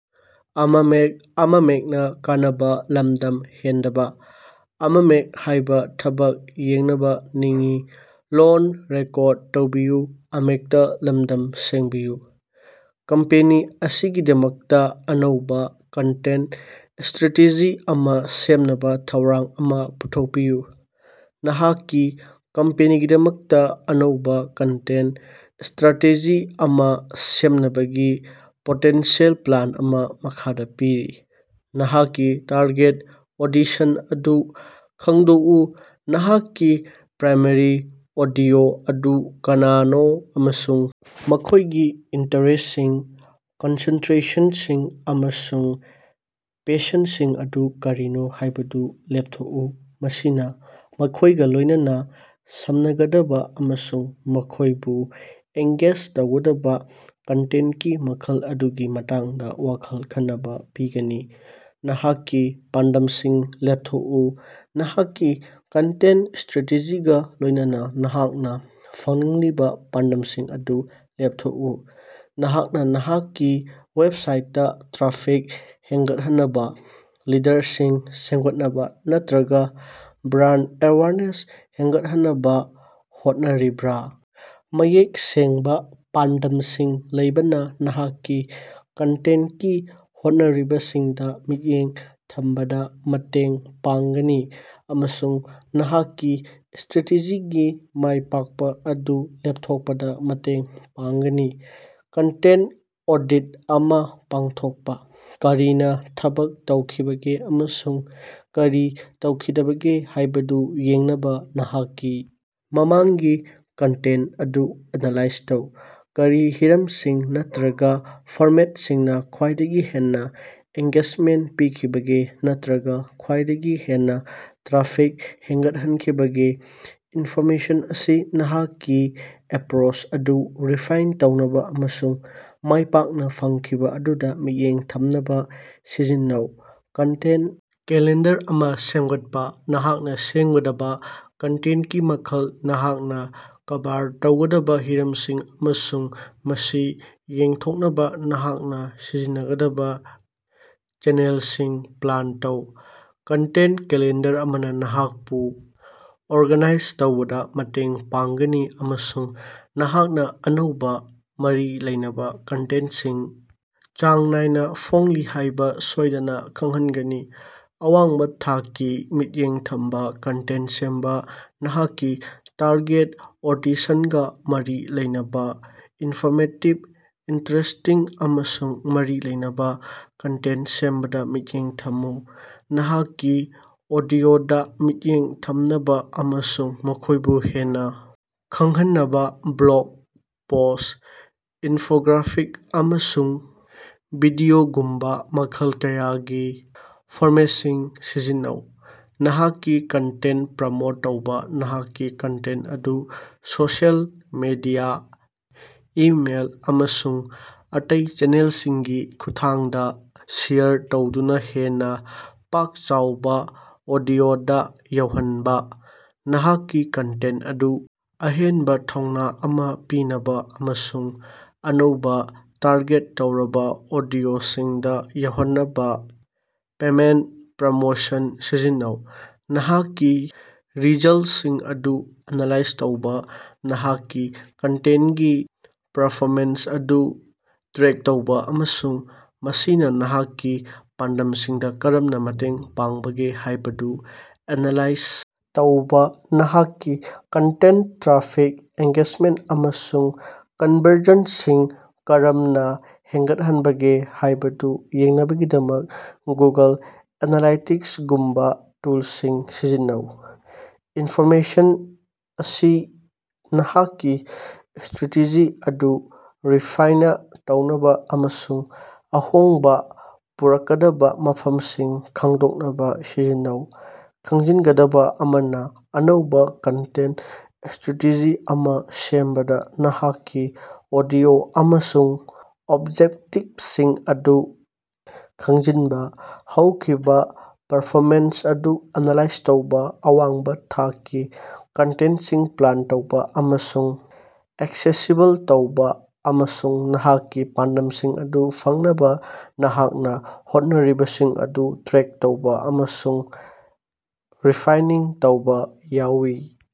Company ꯑꯁꯤꯒꯤꯗꯃꯛꯇ ꯑꯅꯧꯕ content strategy ꯑꯃ ꯁꯦꯝꯅꯕ ꯊꯧꯔꯥꯡ ꯑꯃ ꯄꯨꯊꯣꯛꯄꯤꯌꯨ꯫ ꯅꯍꯥꯛꯀꯤ ꯀꯝꯄꯅꯤꯒꯤꯗꯃꯛꯇ ꯑꯅꯧꯕ ꯀꯟꯇꯦꯟꯇ ꯁ꯭ꯇꯔꯥꯇꯦꯖꯤ ꯑꯃ ꯁꯦꯝꯅꯕꯒꯤ ꯄꯣꯇꯦꯟꯁꯤꯑꯦꯜ ꯄ꯭ꯂꯥꯟ ꯑꯃ ꯃꯈꯥꯗ ꯄꯤꯔꯤ꯫ ꯅꯍꯥꯛꯀꯤ ꯇꯥꯔꯒꯦꯠ ꯑꯣꯗꯤꯁꯟ ꯑꯗꯨ ꯈꯪꯗꯣꯛꯎ ꯅꯍꯥꯛꯀꯤ ꯄ꯭ꯔꯥꯏꯃꯥꯔꯤ ꯑꯣꯗꯤꯑꯣ ꯑꯗꯨ ꯀꯅꯥꯅꯣ ꯑꯃꯁꯨꯡ ꯃꯈꯣꯏꯒꯤ ꯏꯟꯇꯔꯦꯁ꯭ꯇꯁꯤꯡ, ꯀꯟꯁꯦꯟꯇꯔꯦꯁꯟꯁꯤꯡ ꯑꯃꯁꯨꯡ ꯄꯦꯁꯟꯗꯁꯤꯡ ꯑꯗꯨ ꯀꯔꯤꯅꯣ ꯍꯥꯏꯕꯗꯨ ꯂꯦꯞꯊꯣꯛꯎ꯫ ꯃꯁꯤꯅ ꯃꯈꯣꯏꯒ ꯂꯣꯏꯅꯅ ꯁꯝꯅꯒꯗꯕ ꯑꯃꯁꯨꯡ ꯃꯈꯣꯏꯕꯨ ꯑꯦꯡꯒꯦꯖ ꯇꯧꯒꯗꯕ ꯀꯟꯇꯦꯟꯇꯀꯤ ꯃꯈꯜ ꯑꯗꯨꯒꯤ ꯃꯇꯥꯡꯗꯥ ꯋꯥꯈꯜ ꯈꯅꯕ ꯄꯤꯒꯅꯤ꯫ ꯅꯍꯥꯛꯀꯤ ꯄꯥꯟꯗꯝꯁꯤꯡ ꯂꯦꯞꯊꯣꯛꯎ: ꯅꯍꯥꯛꯀꯤ ꯀꯟꯇꯦꯟꯇ ꯁ꯭ꯇꯔꯦꯇꯦꯖꯤꯒ ꯂꯣꯏꯅꯅ ꯅꯍꯥꯛꯅ ꯐꯪꯅꯤꯡꯂꯤꯕ ꯄꯥꯟꯗꯝꯁꯤꯡ ꯑꯗꯨ ꯂꯦꯞꯊꯣꯛꯎ꯫ ꯅꯍꯥꯛꯅ ꯅꯍꯥꯛꯀꯤ ꯋꯦꯕꯁꯥꯏꯠꯇꯥ ꯇ꯭ꯔꯥꯐꯤꯛ ꯍꯦꯟꯒꯠꯍꯟꯅꯕ, ꯂꯤꯗꯔꯁꯤꯡ ꯁꯦꯝꯒꯠꯅꯕ ꯅꯠꯇꯔꯒꯥ ꯕ꯭ꯔꯥꯟꯗ ꯑꯦꯋꯥꯔꯅꯦꯁ ꯍꯦꯟꯒꯠꯍꯟꯅꯕ ꯍꯣꯠꯅꯔꯤꯕ꯭ꯔꯥ? ꯃꯌꯦꯛ ꯁꯦꯡꯕ ꯄꯥꯟꯗꯝꯁꯤꯡ ꯂꯩꯕꯅ ꯅꯍꯥꯛꯀꯤ ꯀꯟꯇꯦꯟꯇꯀꯤ ꯍꯣꯠꯅꯔꯤꯕꯁꯤꯡꯗ ꯃꯤꯠꯌꯦꯡ ꯊꯝꯕꯗ ꯃꯇꯦꯡ ꯄꯥꯡꯒꯅꯤ ꯑꯃꯁꯨꯡ ꯅꯍꯥꯛꯀꯤ ꯁ꯭ꯇꯔꯦꯇꯦꯖꯤꯒꯤ ꯃꯥꯏ ꯄꯥꯛꯄ ꯑꯗꯨ ꯂꯦꯞꯊꯣꯛꯄꯗ ꯃꯇꯦꯡ ꯄꯥꯡꯒꯅꯤ꯫ ꯀꯟꯇꯦꯟꯇ ꯑꯣꯗꯤꯠ ꯑꯃ ꯄꯥꯡꯊꯣꯛꯄ꯫ ꯀꯔꯤꯅ ꯊꯕꯛ ꯇꯧꯈꯤꯕꯒꯦ ꯑꯃꯁꯨꯡ ꯀꯔꯤ ꯇꯧꯈꯤꯗꯕꯒꯦ ꯍꯥꯏꯕꯗꯨ ꯌꯦꯡꯅꯕ ꯅꯍꯥꯛꯀꯤ ꯃꯃꯥꯡꯒꯤ ꯀꯟꯇꯦꯟꯇ ꯑꯗꯨ ꯑꯦꯅꯥꯂꯥꯏꯖ ꯇꯧ꯫ ꯀꯔꯤ ꯍꯤꯔꯝꯁꯤꯡ ꯅꯠꯇꯔꯒꯥ ꯐꯣꯔꯃꯦꯇꯁꯤꯡꯅ ꯈ꯭ꯋꯥꯏꯗꯒꯤ ꯍꯦꯟꯅ ꯑꯦꯡꯒꯦꯖꯃꯦꯟꯇ ꯄꯤꯈꯤꯕꯒꯦ ꯅꯠꯇꯔꯒꯥ ꯈ꯭ꯋꯥꯏꯗꯒꯤ ꯍꯦꯟꯅ ꯇ꯭ꯔꯥꯐꯤꯛ ꯍꯦꯟꯒꯠꯍꯟꯈꯤꯕꯒꯦ ꯏꯟꯐꯣꯔꯃꯦꯁꯟ ꯑꯁꯤ ꯅꯍꯥꯛꯀꯤ ꯑꯦꯄꯔꯣꯆ ꯑꯗꯨ ꯔꯤꯐꯥꯏꯟꯅ ꯇꯧꯅꯕ ꯑꯃꯁꯨꯡ ꯃꯥꯏꯄꯥꯛꯅ ꯐꯪꯈꯤꯕ ꯑꯗꯨꯗ ꯃꯤꯠꯌꯦꯡ ꯊꯝꯅꯕ ꯁꯤꯖꯤꯟꯅꯧ꯫ ꯀꯟꯇꯦꯟꯇ ꯀꯦꯂꯦꯟꯗꯔ ꯑꯃ ꯁꯦꯝꯒꯠꯄ ꯅꯍꯥꯛꯅ ꯁꯦꯝꯒꯗꯕ ꯀꯟꯇꯦꯟꯇꯀꯤ ꯃꯈꯜ, ꯅꯍꯥꯛꯅ ꯀꯚꯔ ꯇꯧꯒꯗꯕ ꯍꯤꯔꯝꯁꯤꯡ ꯑꯃꯁꯨꯡ ꯃꯁꯤ ꯌꯦꯟꯊꯣꯛꯅꯕ ꯅꯍꯥꯛꯅ ꯁꯤꯖꯤꯟꯅꯒꯗꯕ ꯆꯦꯅꯦꯜꯁꯤꯡ ꯄ꯭ꯂꯥꯟ ꯇꯧ꯫ ꯀꯟꯇꯦꯟꯇ ꯀꯦꯂꯦꯟꯗꯔ ꯑꯃꯅ ꯅꯍꯥꯛꯄꯨ ꯑꯣꯔꯒꯥꯅꯥꯏꯖ ꯇꯧꯕꯗ ꯃꯇꯦꯡ ꯄꯥꯡꯒꯅꯤ ꯑꯃꯁꯨꯡ ꯅꯍꯥꯛꯅ ꯑꯅꯧꯕ, ꯃꯔꯤ ꯂꯩꯅꯕ ꯀꯟꯇꯦꯟꯇꯁꯤꯡ ꯆꯥꯡ ꯅꯥꯏꯅ ꯐꯣꯡꯂꯤ ꯍꯥꯏꯕ ꯁꯣꯏꯗꯅ ꯈꯪꯍꯟꯒꯅꯤ꯫ ꯑꯋꯥꯡꯕ ꯊꯥꯛꯀꯤ, ꯃꯤꯠꯌꯦꯡ ꯊꯝꯕ ꯀꯟꯇꯦꯟꯇ ꯁꯦꯝꯕ ꯅꯍꯥꯛꯀꯤ ꯇꯥꯔꯒꯦꯠ ꯑꯣꯗꯤꯁꯟꯒ ꯃꯔꯤ ꯂꯩꯅꯕ ꯏꯟꯐꯣꯔꯃꯦꯇꯤꯚ, ꯏꯟꯇꯔꯦꯁ꯭ꯇꯤꯡ ꯑꯃꯁꯨꯡ ꯃꯔꯤ ꯂꯩꯅꯕ ꯀꯟꯇꯦꯟꯇ ꯁꯦꯝꯕꯗ ꯃꯤꯠꯌꯦꯡ ꯊꯝꯃꯨ꯫ ꯅꯍꯥꯛꯀꯤ ꯑꯣꯗꯤꯑꯣꯗ ꯃꯤꯠꯌꯦꯡ ꯊꯝꯅꯕ ꯑꯃꯁꯨꯡ ꯃꯈꯣꯏꯕꯨ ꯍꯦꯟꯅ ꯈꯪꯍꯟꯅꯕ ꯕ꯭ꯂꯣꯒ ꯄꯣꯁ꯭ꯠ, ꯏꯟꯐꯣꯒ꯭ꯔꯥꯐꯤꯛ, ꯑꯃꯁꯨꯡ ꯚꯤꯗꯤꯑꯣꯒꯨꯝꯕ ꯃꯈꯜ ꯀꯌꯥꯒꯤ ꯐꯣꯔꯃꯦꯠꯁꯤꯡ ꯁꯤꯖꯤꯟꯅꯧ꯫ ꯅꯍꯥꯛꯀꯤ ꯀꯟꯇꯦꯟꯇ ꯄ꯭ꯔꯃꯣꯠ ꯇꯧꯕ ꯅꯍꯥꯛꯀꯤ ꯀꯟꯇꯦꯟꯇ ꯑꯗꯨ ꯁꯣꯁꯤꯑꯦꯜ ꯃꯤꯗꯤꯌ, ꯏꯃꯦꯏꯜ, ꯑꯃꯁꯨꯡ ꯑꯇꯩ ꯆꯦꯅꯦꯜꯁꯤꯡꯒꯤ ꯈꯨꯠꯊꯥꯡꯗ ꯁꯦꯌꯔ ꯇꯧꯗꯨꯅ ꯍꯦꯟꯅ ꯄꯥꯛ-ꯆꯥꯎꯕ ꯑꯣꯗꯤꯑꯣꯗ ꯌꯧꯍꯟꯕ꯫ ꯅꯍꯥꯛꯀꯤ ꯀꯟꯇꯦꯟꯇ ꯑꯗꯨ ꯑꯍꯦꯟꯕ ꯊꯧꯅ ꯑꯃ ꯄꯤꯅꯕ ꯑꯃꯁꯨꯡ ꯑꯅꯧꯕ, ꯇꯥꯔꯒꯦꯠ ꯇꯧꯔꯕ ꯑꯣꯗꯤꯑꯣꯁꯤꯡꯗ ꯌꯧꯍꯟꯅꯕ ꯄꯦꯃꯦꯟꯇ ꯄ꯭ꯔꯣꯃꯣꯁꯟ ꯁꯤꯖꯤꯟꯅꯧ꯫ ꯅꯍꯥꯛꯀꯤ ꯔꯤꯖꯜꯇꯁꯤꯡ ꯑꯗꯨ ꯑꯦꯅꯥꯂꯥꯏꯖ ꯇꯧꯕ ꯅꯍꯥꯛꯀꯤ ꯀꯟꯇꯦꯟꯇꯀꯤ ꯄꯔꯐꯣꯃꯦꯟꯁ ꯑꯗꯨ ꯇ꯭ꯔꯦꯛ ꯇꯧꯕ ꯑꯃꯁꯨꯡ ꯃꯁꯤꯅ ꯅꯍꯥꯛꯀꯤ ꯄꯥꯟꯗꯝꯁꯤꯡꯗ ꯀꯔꯝꯅ ꯃꯇꯦꯡ ꯄꯥꯡꯕꯒꯦ ꯍꯥꯏꯕꯗꯨ ꯑꯦꯅꯥꯂꯥꯏꯖ ꯇꯧꯕ꯫ ꯅꯍꯥꯛꯀꯤ ꯀꯟꯇꯦꯟꯇꯅ ꯇ꯭ꯔꯥꯐꯤꯛ, ꯑꯦꯡꯒꯦꯖꯃꯦꯟꯇ, ꯑꯃꯁꯨꯡ ꯀꯟꯕꯔꯁꯟꯁꯤꯡ ꯀꯔꯝꯅ ꯍꯦꯟꯒꯠꯍꯟꯕꯒꯦ ꯍꯥꯏꯕꯗꯨ ꯌꯦꯡꯅꯕꯒꯤꯗꯃꯛ ꯒꯨꯒꯜ ꯑꯦꯅꯥꯂꯥꯏꯇꯤꯛꯁꯒꯨꯝꯕ ꯇꯨꯜꯁꯤꯡ ꯁꯤꯖꯤꯟꯅꯧ꯫ ꯏꯟꯐꯣꯔꯃꯦꯁꯟ ꯑꯁꯤ ꯅꯍꯥꯛꯀꯤ ꯁ꯭ꯇꯔꯥꯇꯦꯖꯤ ꯑꯗꯨ ꯔꯤꯐꯥꯏꯟꯅꯥ ꯇꯧꯅꯕ ꯑꯃꯁꯨꯡ ꯑꯍꯣꯡꯕ ꯄꯨꯔꯛꯀꯗꯕ ꯃꯐꯝꯁꯤꯡ ꯈꯪꯗꯣꯛꯅꯕ ꯁꯤꯖꯤꯟꯅꯧ꯫ ꯈꯪꯖꯤꯟꯒꯗꯕ ꯑꯃꯅ, ꯑꯅꯧꯕ ꯀꯟꯇꯦꯟꯇ ꯁ꯭ꯇꯔꯥꯇꯦꯖꯤ ꯑꯃ ꯁꯦꯝꯕꯗ ꯅꯍꯥꯛꯀꯤ ꯑꯣꯗꯤꯑꯣ ꯑꯃꯁꯨꯡ ꯑꯣꯕꯖꯦꯛꯇꯤꯚꯁꯤꯡ ꯑꯗꯨ ꯈꯪꯖꯤꯟꯕ, ꯍꯧꯈꯤꯕ ꯄꯔꯐꯣꯃꯦꯟꯁ ꯑꯗꯨ ꯑꯦꯅꯥꯂꯥꯏꯖ ꯇꯧꯕ, ꯑꯋꯥꯡꯕ ꯊꯥꯛꯀꯤ ꯀꯟꯇꯦꯟꯇꯁꯤꯡ ꯄ꯭ꯂꯥꯟ ꯇꯧꯕ ꯑꯃꯁꯨꯡ ꯑꯦꯛꯁꯦꯁꯤꯕꯜ ꯇꯧꯕ, ꯑꯃꯁꯨꯡ ꯅꯍꯥꯛꯀꯤ ꯄꯥꯟꯗꯝꯁꯤꯡ ꯑꯗꯨ ꯐꯪꯅꯕ ꯅꯍꯥꯛꯅ ꯍꯣꯠꯅꯔꯤꯕꯁꯤꯡ ꯑꯗꯨ ꯇ꯭ꯔꯦꯛ ꯇꯧꯕ ꯑꯃꯁꯨꯡ ꯔꯤꯐꯥꯏꯅꯤꯡ ꯇꯧꯕ ꯌꯥꯎꯏ꯫।